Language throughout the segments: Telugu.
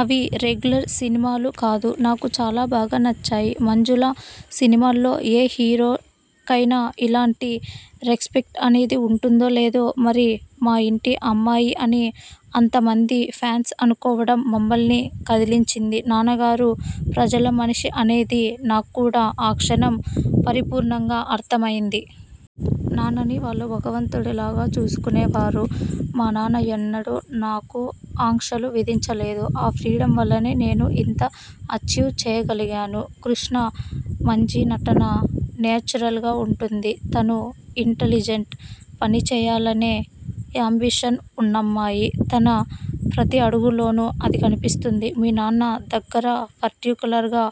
అవి రెగ్యులర్ సినిమాలు కాదు. నాకు చాలా బాగా నచ్చాయి. మంజుల: సినిమాల్లో ఏ హీరోకైనా ఇలాంటి రెస్పెక్ట్ అనేది ఉంటుందో లేదో మరి మా ఇంటి అమ్మాయి అని అంత మంది ఫ్యాన్స్ అనుకోవడం మమ్మల్ని కదిలించింది. నాన్నగారు ప్రజల మనిషి అనేది నాక్కూడా ఆ క్షణం పరిపూర్ణంగా అర్థమైంది. నాన్నని వాళ్లు భగవంతుడులాగా చూసుకునేవారు. మా నాన్న ఎన్నడూ నాకు ఆంక్షలు విధించలేదు. ఆ ఫ్రీడమ్ వల్లనే నేను ఇంతా అచీవ్ చేయగలిగాను. కృష్ణ: మంజి నటన నేచురల్గా ఉంటుంది. తను ఇంటలిజెంట్. పనిచేయాలనే యాంబిషన్ ఉన్నమ్మాయి. తన ప్రతి అడుగులోనూ అది కనిపిస్తుంది. మీ నాన్న దగ్గర పర్టిక్యులర్గా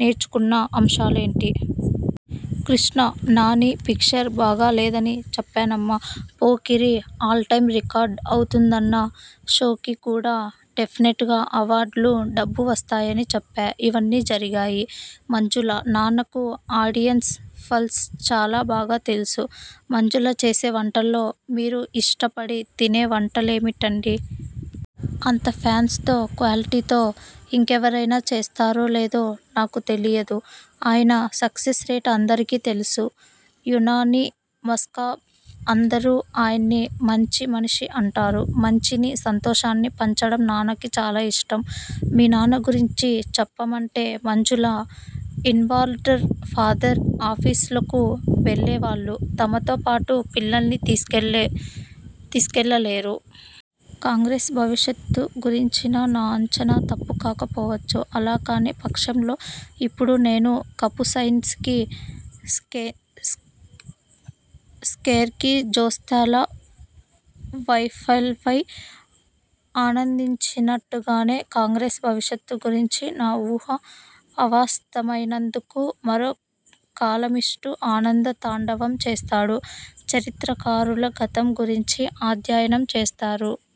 నేర్చుకున్న అంశాలేంటి? కృష్ణ: 'నాని' పిక్చర్ బాగా లేదని చెప్పానమ్మా. 'పోకిరి' ఆల్ టైమ్ రికార్డ్ అవుతుందన్నా. 'షో'కి కూడా డెఫినెట్గా అవార్డులు, డబ్బు వస్తాయని చెప్పా. ఇవన్నీ జరిగాయి. మంజుల: నాన్నకు ఆడియన్స్ పల్స్ చాలా బాగా తెలుసు. మంజుల చేసే వంటల్లో మీరు ఇష్టపడి తినే వంటలేంటండీ? అంత ప్యాషన్తో, క్వాలిటీతో ఇంకెవరైనా చేస్తారో, లేదో నాకు తెలియదు. ఆయన సక్సెస్ రేట్ అందరికీ తెలుసు. యునానిమస్గా అందరూ ఆయన్ని 'మంచి మనిషి' అంటారు. మంచిని, సంతోషాన్ని పంచడం నాన్నకి చాలా ఇష్టం. మీ నాన్న గురించి చెప్పమంటే మంజుల: ఇన్వాల్వ్డ్ ఫాదర్. ఆఫీసులకు వెళ్లేవాళ్లు తమతో పాటు పిల్లల్ని తీసుకెళ్లలేరు. ' కాంగ్రెస్ భవిష్యత్తు గురించిన నా అంచనా తప్పుకాకపోవచ్చు. అలా కాని పక్షంలో, ఇప్పుడు నేను కపుసైన్సికి, కేస్కర్ జోస్యాల వైఫల్యంపై ఆనందించినట్టుగానే కాంగ్రెస్ భవిష్యత్తు గురించి నా ఊహ అవాస్తమయినందుకు మరో కాలమిస్టు ఆనంద తాండవం చేస్తాడు. చరిత్రకారులు గతం గురించి అధ్యయనం చేస్తారు.